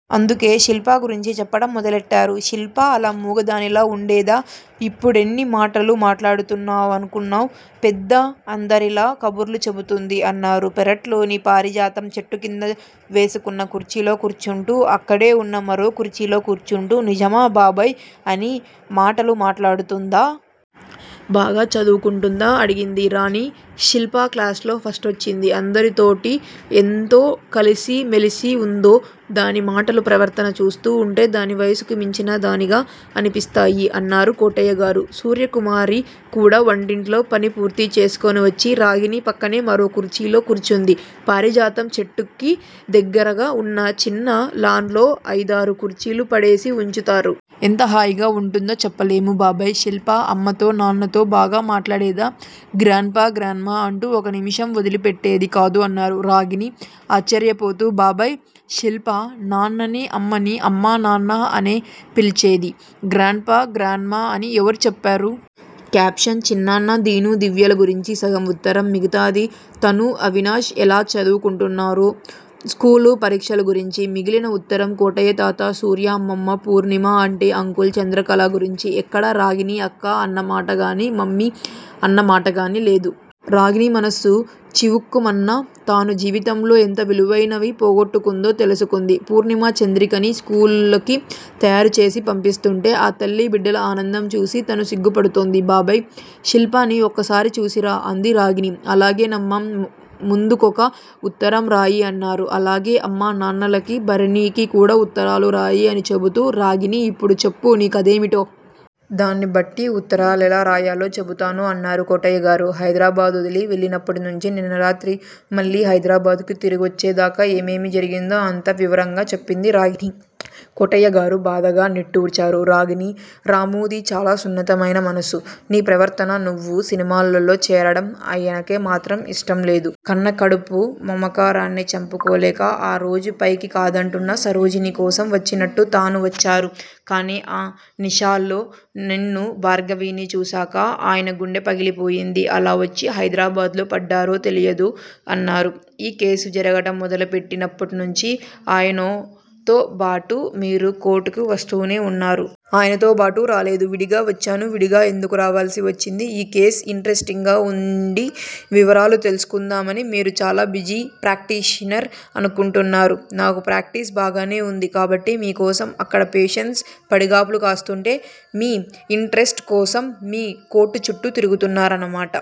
అందుకే శిల్ప గురించి చెప్పటం మొదలెట్టారు. శిల్ప అలా మూగదానిలా వుండేదా, ఇప్పుడెన్ని మాటలు మాట్లాడుతుందనుకున్నావ్? పెద్ద ఆరిందలా కబుర్లు చెబుతుంది. అన్నారు పెరట్లోని పారిజాతం చెట్టుకింద వేసుకున్న కుర్చీలో కూర్చుంటూ. అక్కడే వున్న మరో కుర్చీలో కూర్చుంటూ నిజమా బాబాయ్! అన్ని మాటలు మాట్లాడుతోందా? బాగా చదువుకుంటుందా అడిగింది రాగిణి. శిల్ప క్లాసులో ఫస్టొచ్చింది. అందరితోటీ ఎంత కలిసిమెల్సిందో! దాని మాటలూ ప్రవర్తనా చూస్తూ వుంటే దాని వయస్సుకి మించిన దానిగా అనిపిస్తాయి! అన్నారు కోటయ్యగారు. సూర్యకుమారి కూడా వంటింట్లో పని పూర్తిచేసుకొనొచ్చి, రాగిణి పక్కనే మరో కుర్చీలో కూర్చుంది. పారిజాతం చెట్టుకి దగ్గరగా వున్న చిన్న లాన్ లో అయిదారు కుర్చీలు పడేసి వుంచుతారు. ఎంత హాయిగా వుంటుందో చెప్పలేము! బాబాయ్! శిల్ప అమ్మతో, నాన్నతో బాగా మాట్లాడేదా? గ్రాండ్ పా గ్రాండ్ మా అంటూ ఒక్క నిమిషం ఒదిలిపెట్టేది కాదు అన్నారు. రాగిణి ఆశ్చర్యపోతూ, బాబాయ్! శిల్ప నాన్ననీ అమ్మనీ అమ్మా నాన్నా అనే పిలిచేది. గ్రాండ్ పా గ్రాండ్ మా అని ఎవరు చెప్పారు? కాశ్యప్ చిన్నాన్నా, దీను, దివ్యల గురించి సగం వుత్తరం. మిగతాది తనూ అవినాష్ ఎలా చదువుకుంటున్నారో, స్కూలూ, పరీక్షల గురించి. మిగిలిన ఉత్తరం, కోటయ్యతాతా, సూర్య అమ్మమ్మ, ఫూర్ణిమా ఆంటీ, అంకుల్, చంద్రకళ గురించి. ఎక్కడా రాగిణి అక్క అన్న మాటగాని, మమ్మీ అన్న మాటగానీ లేదు. రాగిణి మనస్సు చివుక్కుమన్నా, తాను జీవితంలో ఎంత విలువైనవి పోగొట్టుకుందో తెలుసుకుంది. పూర్ణిమ, చంద్రికని స్కూలుకి తయారుచేసి పంపిస్తుంటే, ఆ తల్లీ బిడ్డల ఆనందం చూసి తను సిగ్గుపడుతుంది. బాబాయ్! శిల్పని ఒకసారి చూసిరానా? అంది రాగిణి. అలాగేనమ్మా! ముందొక ఉత్తరం రాయి అన్నారు. అలాగే అమ్మా నాన్నలకీ, భరణికీ కూడా ఉత్తరాలు రాయి అని చెబుతూ రాగిణీ ఇప్పుడు చెప్పు, నీ కేథేమిటో? దాన్ని బట్టి ఉత్తరాలెలా రాయాలో చెబుతాను అన్నారు కోటయ్యగారు. హైదరాబాదొదిలి వెళ్ళినప్పటినుంచి, నిన్నరాత్రి మళ్ళీ హైదరాబాదుకి తిరిగొచ్చేదాకా ఏమేమి జరిగిందో అంతా వివరంగా చెప్పింది రాగిణి. కోటయ్యగారు బాధగా నిట్టూర్చారు. రాగిణీ, రామూది చాలా సున్నితమైన మనస్సు. నీ ప్రవర్తనా నువ్వు సినిమాల్లో చేరడం ఆయనకే మాత్రం ఇష్టంలేదు. కన్న కడుపు మమకారాన్ని చంపుకోలేక ఆ రోజు పైకి కాదంటున్నా సరోజిని కోసం వచ్చినట్టు తాను వచ్చారు. కానీ ఆ నిషాలో నిన్నూ భార్గవనీ చూశాక, ఆయన గుండె పగిలిపోయింది. ఎలా వొచ్చి హైదరాబాద్ లో పడ్డారో తెలీదు అన్నారు. ఈ కేసు జరగటం మొదలుపెట్టినప్పట్నుంచీ ఆయన్తోబాటు మీరు కోర్టుకు వస్తూనే వున్నారు? ఆయన్తోబాటు రాలేదు. విడిగా వచ్చాను. విడిగా ఎందుకు రావల్సి వచ్చింది? ఈ కేసు యింటరెస్టింగ్ గా వుండి, వివరాలు తెలుసుకుందామని. మీరు చాలా బిజీ ప్రాక్టీషనర్ అనుకుంటారు. నాకు ప్రాక్టీస్ బాగానే వుంది. కాబట్టి మీకోసం అక్కడ పేషెంట్స్ పడిగాపులు కాస్తుంటే మీ యింటరెస్ట్ కోసం మీ కోర్టుచుట్టూ తిరుగుతున్నారన్నమాట.